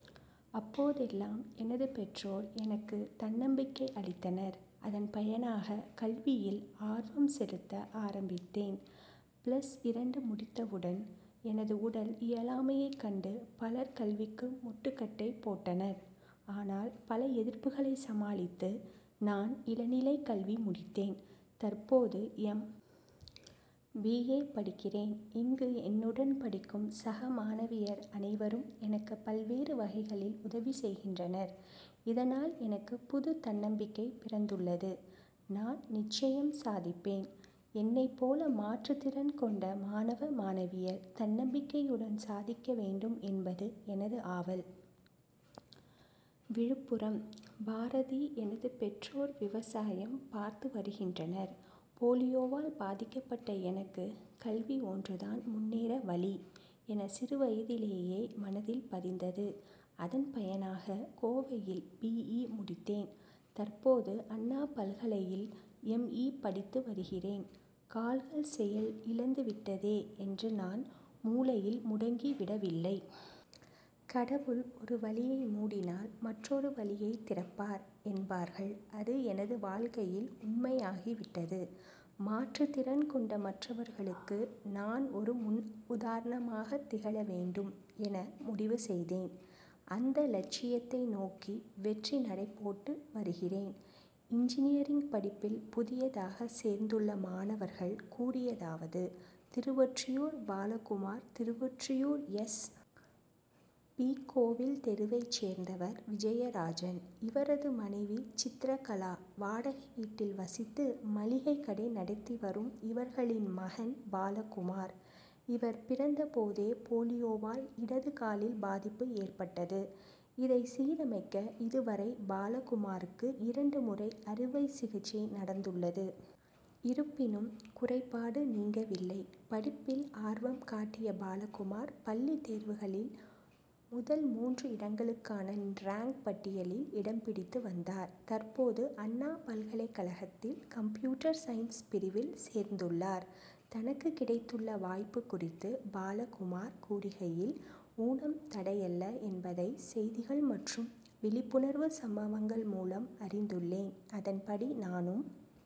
அப்போதெல்லாம் எனது பெற்றோர் எனக்கு தன்னம்பிக்கை அளித்தனர். அதன் பயனாக கல்வியில் ஆர்வம் செலுத்த ஆரம்பித்தேன். பிளஸ் இரண்டு முடித்தவுடன், எனது உடல் இயலாமையைக் கண்டு பலர் கல்விக்கு முட்டுக்கட்டை போட்டனர். ஆனால், பல எதிர்ப்புகளை சமாளித்து நான் இளநிலை கல்வி முடித்தேன். தற்போது, எம். பி. ஏ., படிக்கிறேன். இங்கு, என்னுடன் படிக்கும் சக மாணவியர் அனைவரும் எனக்கு பல்வேறு வகைகளில் உதவி செய்கின்றனர். இதனால், எனக்கு புது தன்னம்பிக்கை பிறந்துள்ளது. நான் நிச்சயம் சாதிப்பேன். என்னைப் போல மாற்றுத் திறன் கொண்ட மாணவ, மாணவியர் தன்னம்பிக்கையுடன் சாதிக்க வேண்டும் என்பது எனது ஆவல். விழுப்புரம் பாரதி எனது பெற்றோர் விவசாயம் பார்த்து வருகின்றனர். போலியோவால் பாதிக்கப்பட்ட எனக்கு கல்வி ஒன்றுதான் முன்னேற வழி என சிறுவயதிலேயே மனதில் பதிந்தது. அதன் பயனாக கோவையில் பி. இ., முடித்தேன். தற்போது, அண்ணா பல்கலையில் எம். இ., படித்து வருகிறேன். கால்கள் செயல் இழந்துவிட்டதே என்று நான் மூலையில் முடங்கிவிடவில்லை. கடவுள் ஒரு வழியை மூடினால் மற்றொரு வழியை திறப்பார் என்பார்கள் அது எனது வாழ்க்கையில் உண்மையாகிவிட்டது. மாற்றுத் திறன் கொண்ட மற்றவர்களுக்கு நான் ஒரு முன் உதாரணமாக திகழ வேண்டும் என முடிவு செய்தேன். அந்த லட்சியத்தை நோக்கி வெற்றி நடை போட்டு வருகிறேன். இன்ஜினியரிங் படிப்பில் புதியதாக சேர்ந்துள்ள மாணவர்கள் கூறியதாவது திருவொற்றியூர் பாலகுமார் திருவொற்றியூர், எஸ். பி.,கோவில் தெருவைச் சேர்ந்தவர் விஜயராஜன். இவரது மனைவி சித்திரகலா. வாடகை வீட்டில் வசித்து, மளிகை கடை நடத்தி வரும் இவர்களின் மகன் பாலகுமார். இவர் பிறந்த போதே போலியோவால் இடது காலில் பாதிப்பு ஏற்பட்டது. இதை சீரமைக்க இதுவரை பாலகுமாருக்கு இரண்டு முறை அறுவை சிகிச்சை நடந்துள்ளது. இருப்பினும் குறைபாடு நீங்கவில்லை. படிப்பில் ஆர்வம் காட்டிய பாலகுமார் பள்ளித் தேர்வுகளில் முதல் மூன்று இடங்களுக்கான ரேங்க் பட்டியலில் இடம் பிடித்து வந்தார். தற்போது, அண்ணா பல்கலை கழகத்தில் கம்ப்யூட்டர் சயின்ஸ் பிரிவில் சேர்ந்துள்ளார். தனக்கு கிடைத்துள்ள வாய்ப்பு குறித்து பாலகுமார் கூறுகையில், ஊனம் தடையல்ல என்பதை செய்திகள் மற்றும் விழிப்புணர்வு சம்பவங்கள் மூலம் அறிந்துள்ளேன். அதன்படி நானும்